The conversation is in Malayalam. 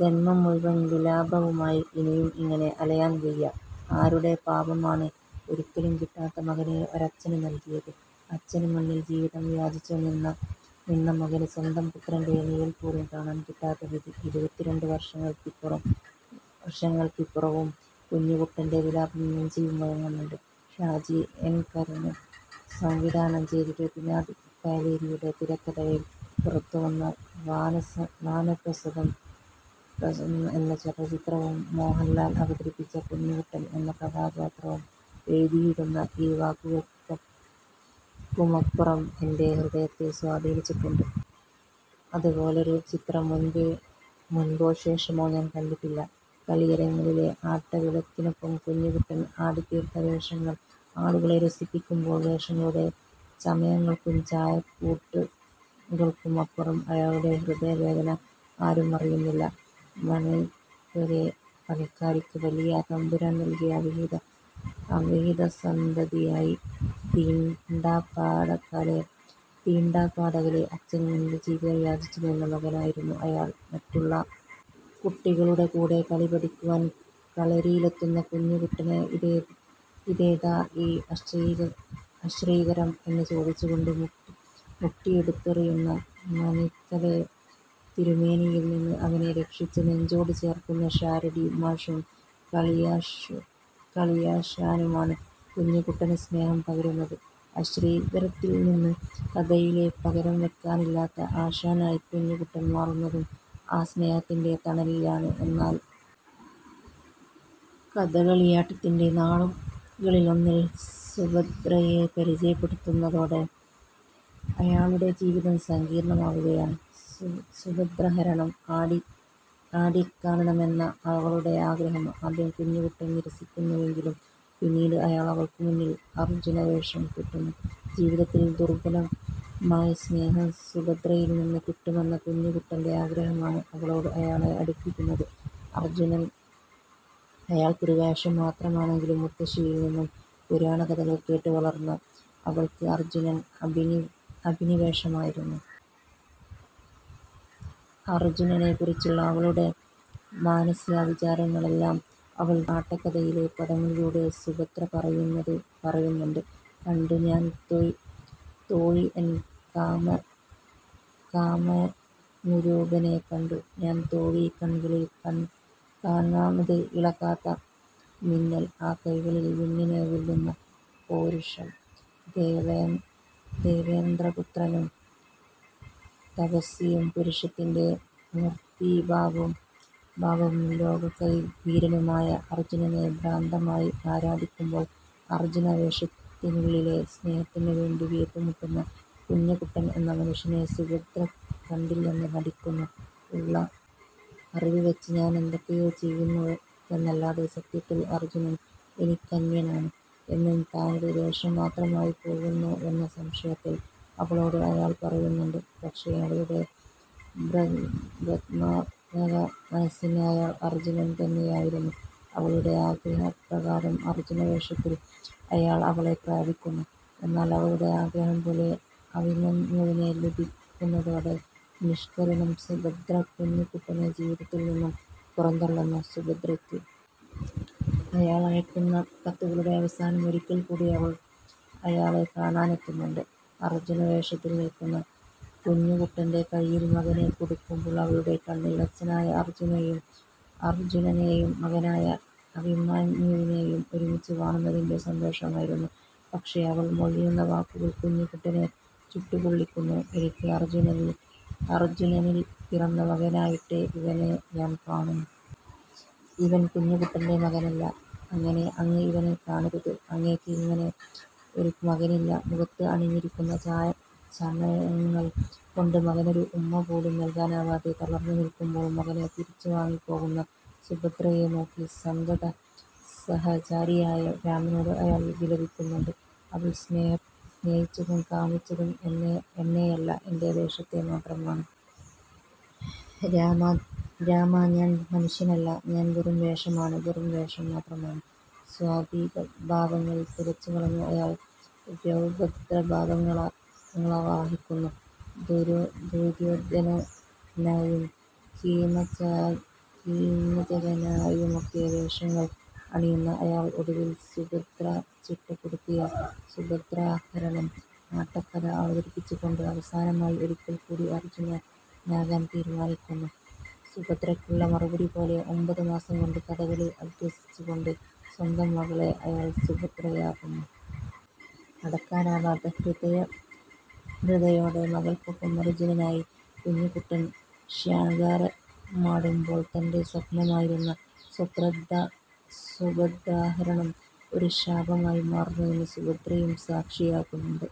ജന്മം മുഴുവൻ വിലാപവുമായി ഇനിയും ഇങ്ങനെ അലയാൻ വയ്യ. ആരുടെ പാപമാണ് ഒരിക്കലും കിട്ടാത്ത മകനെ ഒരച്ഛന് നൽകിയത്. അച്ഛന് മുന്നിൽ ജീവിതം യാചിച്ചു നിന്ന മകന് സ്വന്തം പുത്രൻ്റെ നിഴൽ പോലും കാണാൻ കിട്ടാത്ത വിധി. ഇരുപത്തിരണ്ടു വർഷങ്ങൾക്കിപ്പുറവും കുഞ്ഞുകുട്ടൻ്റെ വിലാപം നെഞ്ചിൽ മുഴങ്ങുന്നുണ്ട്. ഷാജി എൻ കരുണ് സംവിധാനം ചെയ്ത് രഘുനാഥ് പലേരിയുടെ തിരക്കഥയിൽ പുറത്തുവന്ന വാനപ്രസ്ഥം എന്ന ചലച്ചിത്രവും മോഹൻലാൽ അവതരിപ്പിച്ച കുഞ്ഞുകുട്ടൻ എന്ന കഥാപാത്രവും എഴുതിയിടുന്ന ഈ വാക്കുകൾക്കുമപ്പുറം എൻ്റെ ഹൃദയത്തെ സ്വാധീനിച്ചിട്ടുണ്ട്. അതുപോലൊരു ചിത്രം മുൻപോ ശേഷമോ ഞാൻ കണ്ടിട്ടില്ല. കളിയരങ്ങിലെ ആട്ടവിളക്കിനൊപ്പം കുഞ്ഞുകുട്ടൻ ആടിത്തീർത്ത വേഷങ്ങൾ ആളുകളെ രസിപ്പിക്കുമ്പോൾ വേഷങ്ങളുടെ ചമയങ്ങൾക്കും ചായക്കൂട്ടുകൾക്കുമപ്പുറം അയാളുടെ ഹൃദയവേദന ആരും അറിയുന്നില്ല. മനയ്ക്കലെ പണിക്കാരിക്ക് വലിയ തമ്പുരാൻ നൽകിയ അവിഹിതസന്തതിയായി, തീണ്ടാപ്പാടകലെ അച്ഛന് മുന്നിൽ ജീവിതം യാചിച്ചു നിന്ന മകനായിരുന്നു അയാൾ. മറ്റുള്ള കുട്ടികളുടെ കൂടെ കളി പഠിക്കുവാൻ കളരിയിലെത്തുന്ന കുഞ്ഞുകുട്ടനെ ഇതേതാ ഈ അശ്രീകരം എന്ന് ചോദിച്ചുകൊണ്ട് മുട്ടിയെടുത്തെറിയുന്ന മനയ്ക്കലെ തിരുമേനിയിൽ നിന്ന് അവനെ രക്ഷിച്ച് നെഞ്ചോട് ചേർക്കുന്ന ഷാരടി മാഷും കളിയാശാനുമാണ് കുഞ്ഞുകുട്ടന് സ്നേഹം പകരുന്നത്. അശ്രീകരത്തിൽ നിന്ന് കഥകളിയിലെ പകരംവയ്ക്കാനില്ലാത്ത ആശാനായി കുഞ്ഞുകുട്ടൻ മാറുന്നതും ആ സ്നേഹത്തിൻ്റെ തണലിലാണ്. എന്നാൽ കഥകളിയാട്ടത്തിൻ്റെ നാളുകളിലൊന്നിൽ സുഭദ്രയെ പരിചയപ്പെടുന്നതോടെ അയാളുടെ ജീവിതം സങ്കീർണമാവുകയാണ്. സുഭദ്രാഹരണം ആടിക്കാണണമെന്ന അവളുടെ ആഗ്രഹം ആദ്യം കുഞ്ഞുകുട്ടൻ നിരസിക്കുന്നുവെങ്കിലും പിന്നീട് അയാൾ അവൾക്ക് മുന്നിൽ അർജുനവേഷം കെട്ടുന്നു. ജീവിതത്തിൽ ദുർലഭമായ സ്നേഹം സുഭദ്രയിൽ നിന്ന് കിട്ടുമെന്ന കുഞ്ഞുകുട്ടൻ്റെ ആഗ്രഹമാണ് അവളോട് അയാളെ അടുപ്പിക്കുന്നത്. അർജുനൻ അയാൾക്കൊരു വേഷം മാത്രമാണെങ്കിലും മുത്തശ്ശിയിൽ നിന്നും പുരാണകഥകൾ കേട്ട് വളർന്ന അവൾക്ക് അർജുനൻ അഭിനിവേശമായിരുന്നു. അർജുനനെക്കുറിച്ചുള്ള അവളുടെ മാനസികവിചാരങ്ങളെല്ലാം അവൾ തയ്യാറാക്കിയ ആട്ടക്കഥയിലെ പദങ്ങളിലൂടെ സുഭദ്ര പറയുന്നുണ്ട്. കണ്ടു ഞാൻ തോഴി എൻ കാമനുരൂപനെ. കണ്ടു ഞാൻ തോഴീ കൺകളിൽ കാണ്മത് ഇളകാത്ത മിന്നൽ. ആ കൈകളിൽ വിണ്ണിനെ വെല്ലുന്ന പൗരുഷം. ദേവേന്ദ്രപുത്രനും തപസ്വിയും പൗരുഷത്തിൻ്റെ മൂർത്തീഭാവവും ലോകൈകവീരനുമായ അർജുനനെ ഭ്രാന്തമായി ആരാധിക്കുമ്പോൾ അർജുനവേഷത്തിനുള്ളിലെ സ്നേഹത്തിനു വേണ്ടി വീർപ്പുമുട്ടുന്ന കുഞ്ഞുകുട്ടൻ എന്ന മനുഷ്യനെ സുഭദ്ര കണ്ടില്ലെന്ന് നടിക്കുന്നു. ഉള്ള അറിവ് വെച്ച് ഞാനെന്തൊക്കെയോ ചെയ്യുന്നുവെന്നല്ലാതെ സത്യത്തിൽ അർജുനൻ എനിക്കന്യനാണ് എന്ന് താനൊരു വേഷം മാത്രമായി പോകുന്നുവെന്ന സംശയത്തിൽ അവളോട് അയാൾ പറയുന്നുണ്ട്. പക്ഷേ അവളുടെ ഭ്രമാത്മകമനസ്സിന് അയാൾ അർജുനൻ തന്നെയായിരുന്നു. അവളുടെ ആഗ്രഹപ്രകാരം അർജുനവേഷത്തിൽ അയാൾ അവളെ പ്രാപിക്കുന്നു. എന്നാൽ അവളുടെ ആഗ്രഹം പോലെ അഭിമന്യുവിനെ ലഭിക്കുന്നതോടെ നിഷ്കരുണം സുഭദ്ര കുഞ്ഞുകുട്ടനെ ജീവിതത്തിൽ നിന്നും പുറന്തള്ളുന്നു. സുഭദ്രയ്ക്ക് അയാൾ അയയ്ക്കുന്ന കത്തുകളുടെ അവസാനം ഒരിക്കൽക്കൂടി അവൾ അയാളെ കാണാനെത്തുന്നുണ്ട്. അർജുനവേഷത്തിൽ നിൽക്കുന്ന കുഞ്ഞുകുട്ടൻ്റെ കൈയിൽ മകനെ കൊടുക്കുമ്പോൾ അവളുടെ കണ്ണിൽ അച്ഛനായ അർജുനനെയും മകനായ അഭിമന്യുവിനെയും ഒരുമിച്ച് കാണുന്നതിൻ്റെ സന്തോഷമായിരുന്നു. പക്ഷേ അവൾ മൊഴിയുന്ന വാക്കുകൾ കുഞ്ഞുകുട്ടനെ ചുട്ടുപൊള്ളിക്കുന്നു. എനിക്ക് അർജുനനിൽ പിറന്ന മകനായിട്ടേ ഇവനെ ഞാൻ കാണൂ. ഇവൻ കുഞ്ഞുകുട്ടൻ്റെ മകനല്ല. അങ്ങനെ അങ്ങ് ഇവനെ കാണരുത്. അങ്ങേക്ക് ഇങ്ങനെ ഒരു മകനില്ല. മുഖത്ത് അണിഞ്ഞിരിക്കുന്ന ചമയങ്ങൾ കൊണ്ട് മകനൊരു ഉമ്മ പോലും നൽകാനാവാതെ തളർന്നു നിൽക്കുമ്പോൾ മകനെ തിരിച്ചുവാങ്ങി പോകുന്ന സുഭദ്രയെ നോക്കി സന്തതസഹചാരിയായ രാമനോട് അയാൾ വിലപിക്കുന്നുണ്ട്. അവൾ സ്നേഹിച്ചതും കാമിച്ചതും എന്നെയല്ല. എൻ്റെ വേഷത്തെ മാത്രമാണ്. രാമാ, ഞാൻ മനുഷ്യനല്ല. ഞാൻ വെറും വേഷമാണ്. വെറും വേഷം മാത്രമാണ്. സാത്വികഭാവങ്ങൾ തുടച്ചുകളഞ്ഞു അയാൾ രൗദ്രഭാവങ്ങളാവാഹിക്കുന്നു. ദുര്യോധനനായും കീചകനായുമൊക്കെ വേഷങ്ങൾ അണിയുന്ന അയാൾ ഒടുവിൽ സുഭദ്ര ചിട്ടപ്പെടുത്തിയ സുഭദ്രാഹരണം ആട്ടക്കഥ അവതരിപ്പിച്ചുകൊണ്ട് അവസാനമായി ഒരിക്കൽക്കൂടി അർജുനനാകാൻ തീരുമാനിക്കുന്നു. സുഭദ്രയ്ക്കുള്ള മറുപടി പോലെ ഒമ്പതുമാസംകൊണ്ട് കഥകളി അഭ്യസിപ്പിച്ചുകൊണ്ട് സ്വന്തം മകളെ അയാൾ സുഭദ്രയാക്കുന്നു. അടക്കാനാവാത്ത ഹൃദയവ്യഥയോടെ മകൾക്കൊപ്പം അർജുനനായി കുഞ്ഞുകുട്ടൻ ശൃംഗാരമാടുമ്പോൾ തൻ്റെ സ്വപ്നമായിരുന്ന സുഭദ്രാഹരണം ഒരു ശാപമായി മാറുന്നതിന് സുഭദ്രയും സാക്ഷിയാകുന്നുണ്ട്.